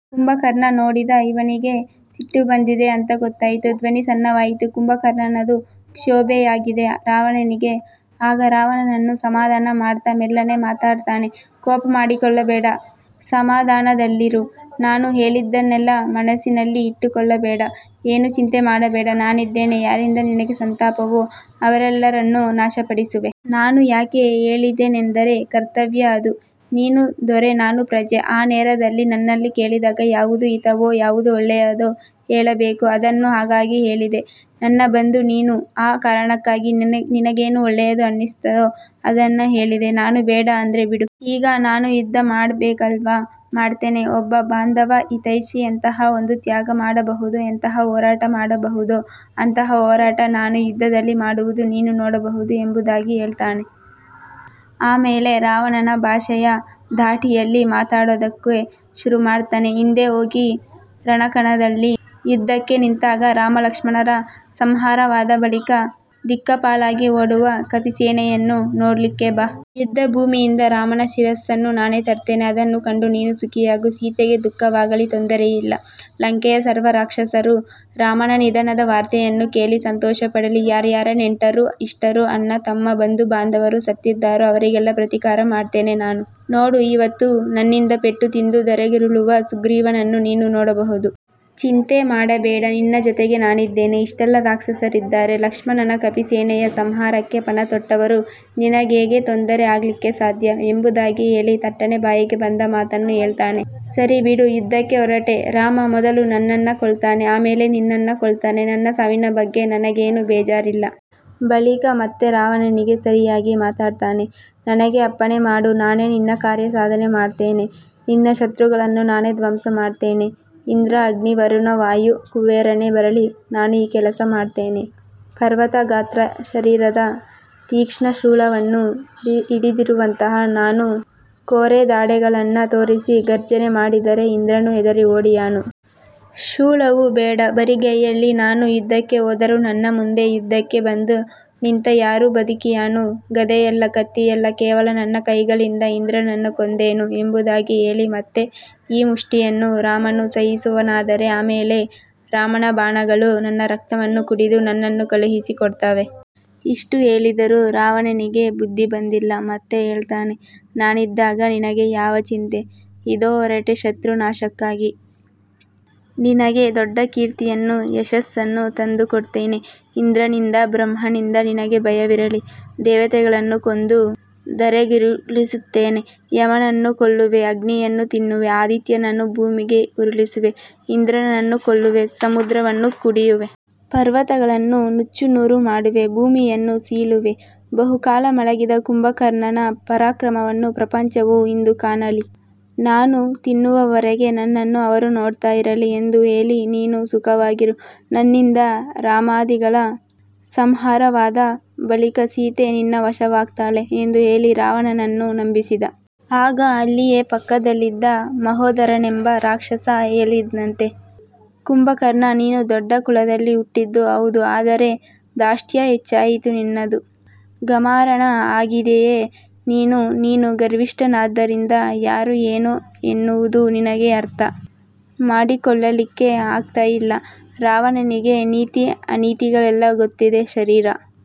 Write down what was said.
ಕುಂಭಕರ್ಣ ನೋಡಿದ ಇವನಿಗೆ ಸಿಟ್ಟು ಬಂದಿದೆ ಅಂತ ಗೊತ್ತಾಯ್ತು. ಧ್ವನಿ ಸಣ್ಣವಾಯಿತು ಕುಂಭಕರ್ಣನದು. ಕ್ಷೋಭೆಯಾಗಿದೆ ರಾವಣನಿಗೆ. ಆಗ ರಾವಣನನ್ನು ಸಮಾಧಾನ ಮಾಡ್ತಾ ಮೆಲ್ಲನೆ ಮಾತಾಡ್ತಾನೆ. ಕೋಪ ಮಾಡಿಕೊಳ್ಳಬೇಡ. ಸಮಾಧಾನದಲ್ಲಿರು. ನಾನು ಹೇಳಿದ್ದನ್ನೆಲ್ಲ ಮನಸ್ಸಿನಲ್ಲಿ ಇಟ್ಟುಕೊಳ್ಳಬೇಡ. ಏನೂ ಚಿಂತೆ ಮಾಡಬೇಡ. ನಾನಿದ್ದೇನೆ. ಯಾರಿಂದ ನಿನಗೆ ಸಂತಾಪವೋ ಅವರೆಲ್ಲರನ್ನೂ ನಾಶಪಡಿಸುವೆ. ನಾನು ಯಾಕೆ ಹೇಳಿದೆನೆಂದರೆ ಕರ್ತವ್ಯ ಅದು. ನೀನು ದೊರೆ ನಾನು ಪ್ರಜೆ. ಆ ನೇರದಲ್ಲಿ ನನ್ನಲ್ಲಿ ಕೇಳಿದಾಗ ಯಾವುದು ಹಿತವೋ, ಯಾವುದು ಒಳ್ಳೆಯದೋ ಹೇಳಬೇಕು ಅದನ್ನು. ಹಾಗಾಗಿ ಹೇಳಿದೆ. ನನ್ನ ಬಂಧು ನೀನು. ಆ ಕಾರಣಕ್ಕಾಗಿ ನಿನಗೇನು ಒಳ್ಳೆಯದು ಅನ್ನಿಸ್ತೋ ಅದನ್ನ ಹೇಳಿದೆ ನಾನು. ಬೇಡ ಅಂದ್ರೆ ಬಿಡು. ಈಗ ನಾನು ಯುದ್ಧ ಮಾಡ್ಬೇಕಲ್ವಾ ಮಾಡ್ತೇನೆ. ಒಬ್ಬ ಬಾಂಧವ, ಹಿತೈಷಿ ಎಂತಹಾ ಒಂದು ತ್ಯಾಗ ಮಾಡಬಹುದೋ, ಎಂತಹ ಹೋರಾಟ ಮಾಡಬಹುದೋ ಅಂತಹ ಹೋರಾಟ ನಾನು ಯುದ್ಧದಲ್ಲಿ ಮಾಡುವುದು ನೀನು ನೋಡಬಹುದು ಎಂಬುದಾಗಿ ಹೇಳ್ತಾನೆ. ಆಮೇಲೆ ರಾವಣನ ಭಾಷೆಯ ಧಾಟಿಯಲ್ಲಿ ಮಾತಾಡೋದಕ್ಕೆ ಶುರು ಮಾಡ್ತಾನೆ. ಇಂದೇ ಹೋಗಿ ರಣಕಣದಲ್ಲಿ ಯುದ್ಧಕ್ಕೆ ನಿಂತಾಗ ರಾಮ-ಲಕ್ಷ್ಮಣರ ಸಂಹಾರವಾದ ಬಳಿಕ ದಿಕ್ಕಾಪಾಲಾಗಿ ಓಡುವ ಕಪಿಸೇನೆಯನ್ನು ನೋಡ್ಲಿಕ್ಕೆ ಬಾ. ಯುದ್ಧಭೂಮಿಯಿಂದ ರಾಮನ ಶಿರಸ್ಸನ್ನು ನಾನೇ ತರ್ತೇನೆ. ಅದನ್ನು ಕಂಡು ನೀನು ಸುಖಿಯಾಗು. ಸೀತೆಗೆ ದುಃಖವಾಗಲಿ ತೊಂದರೆಯಿಲ್ಲ. ಲಂಕೆಯ ಸರ್ವರಾಕ್ಷಸರು ರಾಮನ ನಿಧನದ ವಾರ್ತೆಯನ್ನು ಕೇಳಿ ಸಂತೋಷಪಡಲಿ. ಯಾರ್ಯಾರ ನೆಂಟರು, ಇಷ್ಟರು, ಅಣ್ಣ, ತಮ್ಮ, ಬಂಧು-ಬಾಂಧವರು ಸತ್ತಿದಾರೋ ಅವರಿಗೆಲ್ಲ ಪ್ರತೀಕಾರ ಮಾಡ್ತೇನೆ ನಾನು. ನೋಡು ಇವತ್ತು ನನ್ನಿಂದ ಪೆಟ್ಟು ತಿಂದು ಧರೆಗುರುಳುವ ಸುಗ್ರೀವನನ್ನು ನೀನು ನೋಡಬಹುದು. ಚಿಂತೆ ಮಾಡಬೇಡ. ನಿನ್ನ ಜೊತೆಗೆ ನಾನಿದ್ದೇನೆ. ಇಷ್ಟೆಲ್ಲ ರಾಕ್ಷಸರಿದ್ದಾರೆ. ಲಕ್ಷ್ಮಣನ, ಕಪಿಸೇನೆಯ ಸಂಹಾರಕ್ಕೆ ಪಣತೊಟ್ಟವರು. ನಿನಗ್ಹೇಗೆ ತೊಂದರೆ ಆಗ್ಲಿಕ್ಕೆ ಸಾಧ್ಯ ಎಂಬುದಾಗಿ ಹೇಳಿ ತಟ್ಟನೆ ಬಾಯಿಗೆ ಬಂದ ಮಾತನ್ನ ಹೇಳ್ತಾನೆ. ಸರಿಬಿಡು. ಯುದ್ಧಕ್ಕೆ ಹೊರಟೆ, ರಾಮ ಮೊದಲು ನನ್ನನ್ನ ಕೊಲ್ತಾನೆ. ಆಮೇಲೆ ನಿನ್ನನ್ನ ಕೊಲ್ತಾನೆ. ನನ್ನ ಸಾವಿನ ಬಗ್ಗೆ ನನಗೇನು ಬೇಜಾರಿಲ್ಲ. ಬಳಿಕ ಮತ್ತೆ ರಾವಣನಿಗೆ ಸರಿಯಾಗಿ ಮಾತಾಡ್ತಾನೆ. ನನಗೇ ಅಪ್ಪಣೆ ಮಾಡು. ನಾನೇ ನಿನ್ನ ಕಾರ್ಯಸಾಧನೆ ಮಾಡ್ತೇನೆ. ನಿನ್ನ ಶತ್ರುಗಳನ್ನು ನಾನೇ ಧ್ವಂಸ ಮಾಡ್ತೇನೆ. ಇಂದ್ರ, ಅಗ್ನಿ, ವರುಣ, ವಾಯು, ಕುಬೇರನೇ ಬರಲಿ ನಾನು ಈ ಕೆಲಸ ಮಾಡ್ತೇನೆ. ಪರ್ವತ ಗಾತ್ರ ಶರೀರದ, ತೀಕ್ಷ್ಣ ಶೂಲವನ್ನು ಹಿಡಿದಿರುವಂತಹ ನಾನು ಕೋರೆದಾಡೆಗಳನ್ನ ತೋರಿಸಿ ಘರ್ಜನೆ ಮಾಡಿದರೆ ಇಂದ್ರನೂ ಹೆದರಿ ಓಡಿಯಾನು. ಶೂಲವೂ ಬೇಡ. ಬರಿಗೈಯಲ್ಲಿ ನಾನು ಯುದ್ಧಕ್ಕೆ ಹೋದರು ನನ್ನ ಮುಂದೆ ಯುದ್ಧಕ್ಕೆ ಬಂದು ನಿಂತ ಯಾರು ಬದುಕಿಯಾನು ಗದೆಯಲ್ಲ, ಕತ್ತಿಯಲ್ಲ, ಕೇವಲ ನನ್ನ ಕೈಗಳಿಂದ ಇಂದ್ರನನ್ನು ಕೊಂದೇನು ಎಂಬುದಾಗಿ ಹೇಳಿ, ಮತ್ತೆ ಈ ಮುಷ್ಠಿಯನ್ನು ರಾಮನು ಸಹಿಸುವನಾದರೆ ಆಮೇಲೆ ರಾಮನ ಬಾಣಗಳು ನನ್ನ ರಕ್ತವನ್ನು ಕುಡಿದು ನನ್ನನ್ನು ಕಳುಹಿಸಿ ಕೊಡ್ತವೆ. ಇಷ್ಟು ಹೇಳಿದರೂ ರಾವಣನಿಗೆ ಬುದ್ಧಿ ಬಂದಿಲ್ಲ. ಮತ್ತೆ ಹೇಳ್ತಾನೆ. ನಾನಿದ್ದಾಗ ನಿನಗೆ ಯಾವ ಚಿಂತೆ? ಇದೋ ಹೊರಟೆ ಶತ್ರು ನಾಶಕ್ಕಾಗಿ. ನಿನಗೆ ದೊಡ್ಡ ಕೀರ್ತಿಯನ್ನು, ಯಶಸ್ಸನ್ನು ತಂದುಕೊಡ್ತೇನೆ. ಇಂದ್ರನಿಂದ, ಬ್ರಹ್ಮನಿಂದ ನಿನಗೆ ಭಯವಿರಲಿ, ದೇವತೆಗಳನ್ನು ಕೊಂದು ಧರೆಗುರುಳಿಸ್ತೇನೆ. ಯಮನನ್ನು ಕೊಲ್ಲುವೆ, ಅಗ್ನಿಯನ್ನು ತಿನ್ನುವೆ, ಆದಿತ್ಯನನ್ನು ಭೂಮಿಗೆ ಉರುಳಿಸುವೆ, ಇಂದ್ರನನ್ನೂ ಕೊಲ್ಲುವೆ, ಸಮುದ್ರವನ್ನು ಕುಡಿಯುವೆ. ಪರ್ವತಗಳನ್ನು ನುಚ್ಚುನೂರು ಮಾಡುವೆ, ಭೂಮಿಯನ್ನು ಸೀಳುವೆ. ಬಹುಕಾಲ ಮಲಗಿದ ಕುಂಭಕರ್ಣನ ಪರಾಕ್ರಮವನ್ನು ಪ್ರಪಂಚವು ಇಂದು ಕಾಣಲಿ. ನಾನು ತಿನ್ನುವವರೆಗೆ ನನ್ನನ್ನು ಅವರು ನೋಡ್ತಾ ಇರಲಿ. ಎಂದು ಹೇಳಿ ನೀನು ಸುಖವಾಗಿರು. ನನ್ನಿಂದ ರಾಮಾದಿಗಳ ಸಂಹಾರವಾದ ಬಳಿಕ ಸೀತೆ ನಿನ್ನ ವಶವಾಗ್ತಾಳೆ ಎಂದು ಹೇಳಿ ರಾವಣನನ್ನು ನಂಬಿಸಿದ. ಆಗ ಅಲ್ಲಿಯೇ ಪಕ್ಕದಲ್ಲಿದ್ದ ಮಹೋದರನೆಂಬ ರಾಕ್ಷಸ ಹೇಳಿದ್ನಂತೆ. ಕುಂಭಕರ್ಣ ನೀನು ದೊಡ್ಡ ಕುಲದಲ್ಲಿ ಹುಟ್ಟಿದ್ದು ಹೌದು ಆದರೆ ದಾಷ್ಟ್ಯ ಹೆಚ್ಚಾಯಿತು ನಿನ್ನದು. ಗಮಾರನ ಹಾಗಿದೀಯೆ ನೀನು. ನೀನು ಗರ್ವಿಷ್ಟನಾದ್ದರಿಂದ ಯಾರು ಏನು ಎನ್ನುವುದನ್ನು ನಿನಗೆ ಅರ್ಥ ಮಾಡಿಕೊಳ್ಳಲಿಕ್ಕೆ ಆಗ್ತಾಯಿಲ್ಲ. ರಾವಣನಿಗೆ ನೀತಿ ಅನೀತಿಗಳೆಲ್ಲ ಗೊತ್ತಿದೆ. ಶರೀರ